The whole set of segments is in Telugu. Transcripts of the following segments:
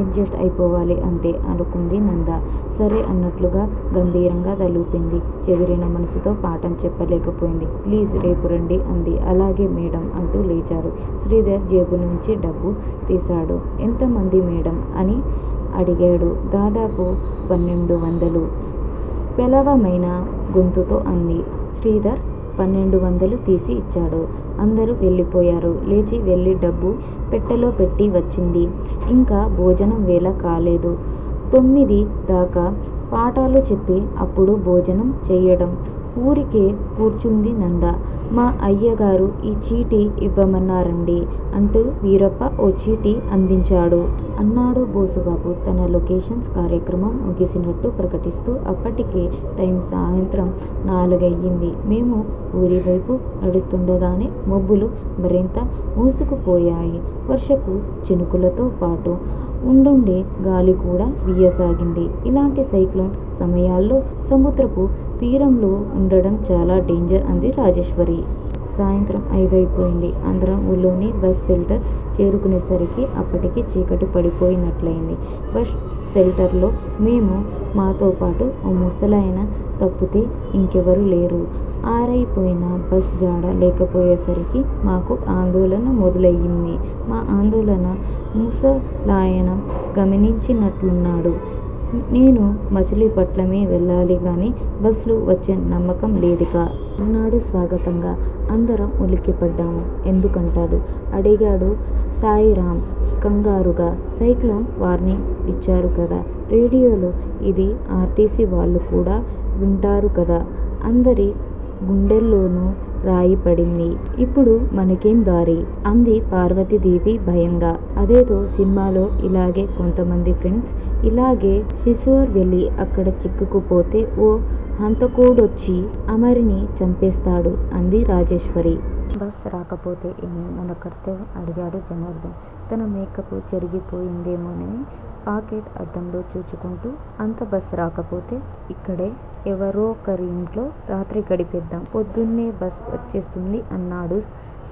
ఎడ్ జస్ట్ అయిపోవాలి అంతే!! అనుకుంది నంద. సరే అన్నట్లుగా గంభీరంగా తలూపింది. చెదిరిన మనస్సుతో పాఠం చెప్పలేకపోయింది. ప్లీజ్! రేపురండీ! అంది. అలాగే మేడమ్! అంటూ లేచాడు. శ్రీధర్ జేబులోంచి డబ్బు తీశాడు. ఎంత వుంది మేడమ్! అని అడిగేడు. దాదాపు పన్నెండువందలు! పేలవమైన గొంతుతో అంది. శ్రీధర్ పన్నెండువందలూ తీసి యిచ్చాడు. అందరూ వెళ్ళిపోయారు. లేచి వెళ్ళి డబ్బు పెట్టెలో పెట్టి వచ్చింది. ఇంకా భోజనం వేళ కాలేదు. తొమ్మిది దాకా పాఠాలు చెప్పి అప్పుడు భోజనం చేయటం. ఊరికే కూర్చుంది నంద. మా అయ్యగారు ఈ చీటీ ఇవ్వమన్నారండీ అంటూ వీరప్ప ఓ చీటీ అందించాడు. అన్నాడు బోసుబాబు తన లొకేషన్స్ కార్యక్రమం ముగిసినట్లు ప్రకటిస్తూ. అప్పటికే టైము సాయంత్రం నాలుగయింది. మేము ఊరివేపు నడుస్తూండగానే మబ్బులు మరింత మూసుకుపోయాయ్. వర్షపు చినుకులతో పాటు ఉండుండి గాలికూడా వీయసాగింది. ఇలాంటి సైక్లోన్ సమయాల్లో సముద్రపు తీరంలో ఉండడం చాలా డేంజర్- అంది రాజేశ్వరి. సాయంత్రం అయిదయిపోయింది. అందరం ఊళ్ళోని బస్ షెల్టర్ చేసుకునేసరికి అప్పటికే చీకటి పడిపోయినట్లుంది. బస్ స్టాప్ లో మేమూ, మాతోపాటు ఓ ముసలాయనా తప్పుతే ఇంకెవరూ లేరు. ఆరయిపోయినా బస్ జాడ లేకపోయేసరికి మాకు ఆందోళన మొదలయింది. మా ఆందోళన ముసలాయన గమనించినట్లున్నాడు. నేనూ మచిలీపట్నమే వెళ్ళాలి గానీ- బస్ లు వచ్చే నమ్మకం లేదిక! అన్నాడు స్వగతంగా. అందరం ఉలిక్కిపడ్డాము. ఎందుకంటారు? అడిగాడు శాయిరామ్ ఖంగారుగా. సైక్లోన్ వార్నింగ్ ఇచ్చారు కదా రేడియోలో? అదీ ఆర్టీసీ వాళ్ళు కూడా వింటారు కదా! అందరి గుండెల్లోనూ రాయిపడింది. ఇప్పుడు మనకేందారి? అంది పార్వతీదేవి భయంగా. అదేదో సినిమాలో ఇలాగే కొంతమంది ఫ్రెండ్స్ ఇలాగే సీషోర్ వెళ్ళి అక్కడ చిక్కడిపోతే ఓ హంతకుడొచ్చి అమరినీ చంపేస్తాడు- అంది రాజేశ్వరి. బస్ రాకపోతే ఏమిటి మన కర్తవ్యం? అడిగాడు జనార్ధన్ తన మేకప్ చెరగిపోయిందేమోనని పాకెట్ అద్దంలో చూచుకుంటూ. అంతగా బస్ రాకపోతే- ఇక్కడే ఎవరొకరింట్లో రాత్రి గడిపేద్దాం! పొద్దున్నే బస్ వచ్చేస్తుంది అన్నాడు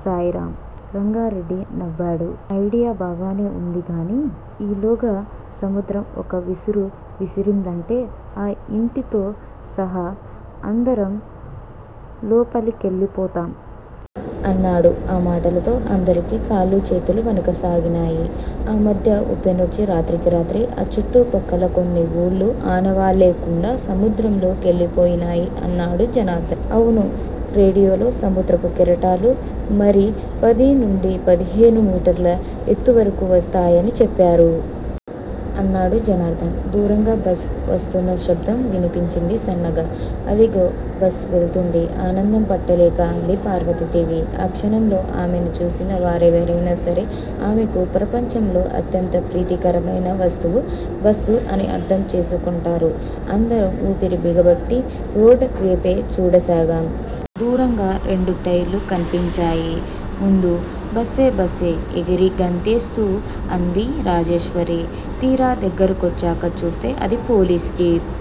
శాయిరామ్. రంగారెడ్డి నవ్వాడు. అయిడియా బాగానే ఉంది గానీ ఈలోగా సముద్రం ఒక్క విసురు విసిరిందంటే ఆ ఇంటితో సహా అందరం లోపలికెళ్ళిపోతాం! అన్నాడు. ఆ మాటతో అందరికీ కాళ్ళూ చేతులు వణకసాగినయ్. ఆ మధ్య ఉప్పెనవచ్చి రాత్రికిరాత్రి ఆ చుట్టు పక్కల కొన్ని ఊళ్ళు ఆనవాల్లేకుండా సముద్రంలో కెళ్ళిపోయాయ్ అన్నాడు జనార్ధన్. అవును! రేడియోలో సముద్రపు కెరటాలు మరీ పది నుంచి పదిహేను మీటర్ల ఎత్తువరకు వస్తాయని చెప్పారు! అన్నాడు జనార్ధన్. దూరంగా బస్ వస్తున్న శబ్దం వినిపించింది సన్నగా. అదిగో! బస్సు వెళ్తోంది! ఆనందం పట్టలేక అంది పార్వతీదేవి. ఆ క్షణంలో ఆమెను చూసిన వారెవరయినా సరే- ఆమెకు ప్రపంచంలో అత్యంత ప్రీతికరమయిన వస్తువు 'బస్సు' అని అర్థం చేసుకుంటారు. అందరం ఊపిరి బిగపట్టి రోడ్ వేపే చూడసాగాం! దూరంగా రెండు లైట్లు కనిపించాయ్ ముందు. బస్సే-బస్సే ఎగిరి గంతేస్తూ అంది రాజేశ్వరి. తీరా దగ్గర కొచ్చాక చూస్తే అది పోలీస్ జీప్.